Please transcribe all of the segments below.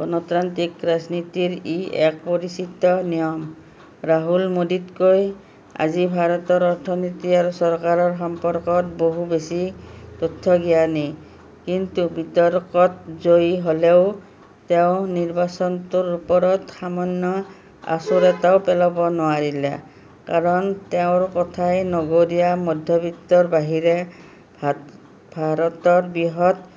গণতান্ত্ৰিক ৰাজনীতিৰ ই এক পৰিচিত নিয়ম। ৰাহুল মোদীতকৈ আজিৰ ভাৰতৰ অৰ্থনীতি আৰু চৰকাৰৰ সম্পৰ্কত বহু বেছি তথ্য জ্ঞানী। কিন্তু বিতৰ্কত জয়ী হ'লেও তেওঁ নিৰ্বাচনটোৰ ওপৰত সামান্য আঁচোৰ এটাও পেলাব নোৱাৰিলে। কাৰণ তেওঁৰ কথাই নগৰীয়া মধ্যবিত্তৰ বাহিৰে ভা ভাৰতৰ বৃহৎ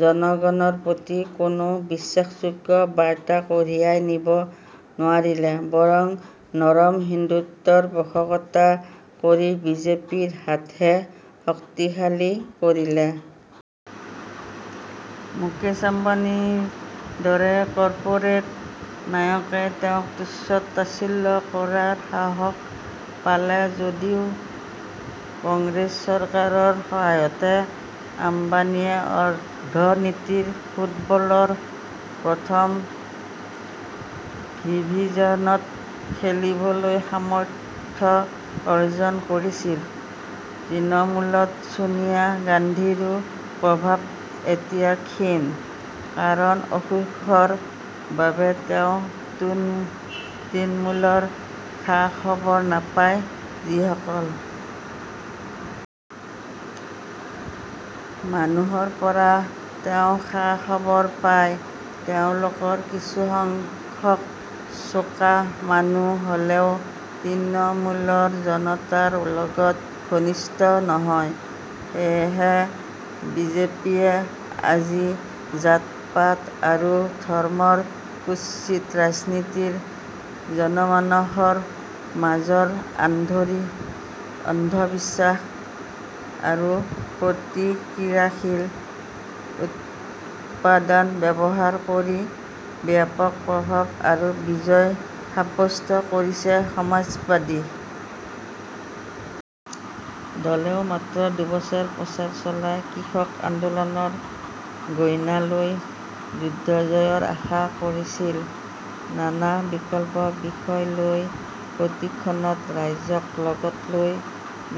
জনগণৰ প্ৰতি কোনো বিশ্বাসযোগ্য বাৰ্তা কঢ়িয়াই নিব নোৱাৰিলে, বৰং নৰম হিন্দুত্বৰ পোষকতা কৰি বিজেপিৰ হাতহে শক্তিশালী কৰিলে। মুকেশ আম্বানিৰ দৰে কৰ্পোৰেট নায়কে তেওঁক তুচ্ছতাচ্ছিল্য কৰাৰ সাহস পালে যদিও কংগ্ৰেছ চৰকাৰৰ সহায়তে আম্বানিয়ে অৰ্থনীতিৰ ফুটবলৰ প্ৰথম ডিভিজনত খেলিবলৈ সামৰ্থ্য অৰ্জন কৰিছিল। তৃণমূলত ছোনিয়া গান্ধীৰো প্ৰভাৱ এতিয়া ক্ষীণ। কাৰণ অসুখৰ বাবে তেওঁ তৃণমূলৰ খা-খবৰ নাপায়। যিসকল মানুহৰ পৰা তেওঁ খা-খবৰ পায়, তেওঁলোকৰ কিছু সংখ্যক চোকা মানুহ হ'লেও তৃণমূলৰ জনতাৰ লগত ঘনিষ্ঠ নহয়। সেয়ে বিজেপিয়ে আজি জাতপাত আৰু ধৰ্মৰ কুৎসিত ৰাজনীতিৰ জনমানসৰ মাজৰ আন্ধ অন্ধবিশ্বাস আৰু প্ৰতিক্ৰিয়াশীল উৎপাদান ব্যৱহাৰ কৰি ব্যাপক প্ৰভাৱ আৰু বিজয় সাব্যস্ত কৰিছে। সমাজবাদী দলেও মাত্ৰ দুবছৰ প্ৰচাৰ চলাই কৃষক আন্দোলনৰ গইনা লৈ যুদ্ধজয়ৰ আশা কৰিছিল। নানা বিকল্প বিষয় লৈ প্ৰতি ক্ষণত ৰাইজক লগত লৈ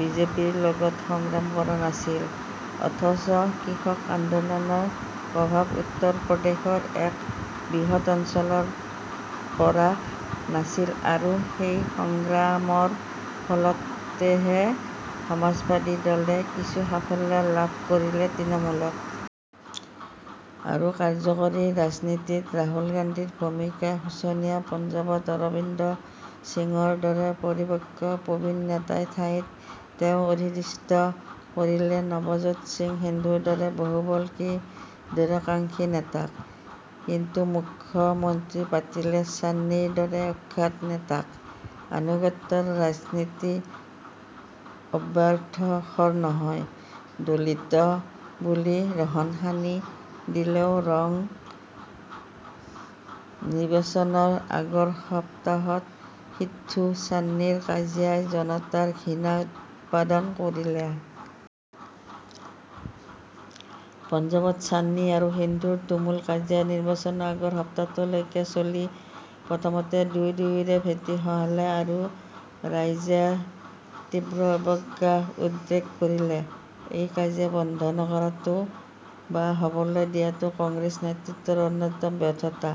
বিজেপিৰ লগত সংগ্ৰাম কৰা নাছিল, অথচ কৃষক আন্দোলনৰ প্ৰভাৱ উত্তৰ প্ৰদেশৰ এক বৃহৎ অঞ্চলত পৰা নাছিল আৰু সেই সংগ্ৰামৰ ফলতহে সমাজবাদী দলে কিছু সাফল্য লাভ কৰিলে। তৃণমূলত আৰু কাৰ্যকৰী ৰাজনীতিত ৰাহুল গান্ধীৰ ভূমিকা শোচনীয়। পঞ্জাবত অৰবিন্দৰ সিঙৰ দৰে পৰিপক্ক প্ৰবীণ নেতাৰ ঠাইত তেওঁ অধিস্থিত কৰিলে নৱজোৎ সিং সিদ্ধুৰ দৰে বহুবল্কী, দুৰাকাঙ্ক্ষী নেতাক। কিন্তু মুখ্য মন্ত্ৰী পাতিলে চান্নিৰ দৰে অখ্যাত নেতাক। আনুগত্যৰ ৰাজনীতি অব্যৰ্থ শৰ নহয়, দলিত বুলি ৰহণ সানি দিলেও ৰং নিৰ্বাচনৰ আগৰ সপ্তাহত সিদ্ধু চান্নিৰ কাজিয়াই জনতাৰ ঘৃণা উৎপাদন কৰিলে। পঞ্জাবত চান্নি আৰু সিদ্ধুৰ তুমুল কাজিয়া নিৰ্বাচনৰ আগৰ সপ্তাহলৈকে চলি প্ৰথমতে দুয়ো দুয়োৰে ভেটি খহালে আৰু ৰাইজৰ তীব্ৰ অৱজ্ঞা উদ্ৰেক কৰিলে। এই কাজিয়া বন্ধ নকৰাটো বা হ'বলৈ দিয়াটো কংগ্ৰেছ নেতৃত্বৰ অন্যতম ব্যৰ্থতা।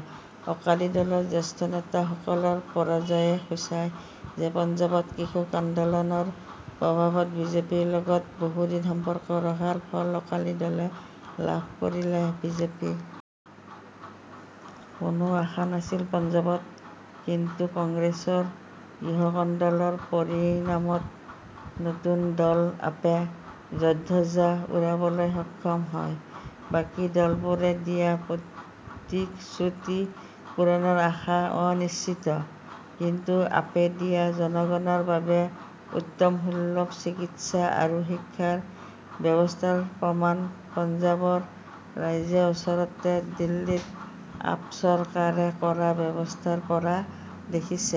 অকালি দলৰ জ্যেষ্ঠ নেতা সকলৰ পৰাজয়ে সূচায় যে পঞ্জাবত কৃষক আন্দোলনৰ প্ৰভাবত বিজেপিৰ লগত বহুদিন সম্পৰ্ক ৰখাৰ ফল অকালি দলে লাভ কৰিলে। বিজেপিৰ কোনো আশা নাছিল পঞ্জাবত। কিন্তু কংগ্ৰেছৰ গৃহকন্দলৰ পৰিণামত নতুন দল আপে জয়ধ্বজা উৰাবলৈ সক্ষম হয়। বাকী দলবোৰে দিয়া প্ৰতিশ্ৰুতি পূৰণৰ আশা অনিশ্চিত। কিন্তু আপে দিয়া জনগণৰ বাবে উত্তম সুলভ চিকিৎসা আৰু শিক্ষাৰ ব্যৱস্থাৰ প্ৰমাণ পঞ্জাবৰ ৰাইজে ওচৰতে দিল্লীত আপ চৰকাৰে কৰা ব্যৱস্থাৰ পৰা দেখিছে।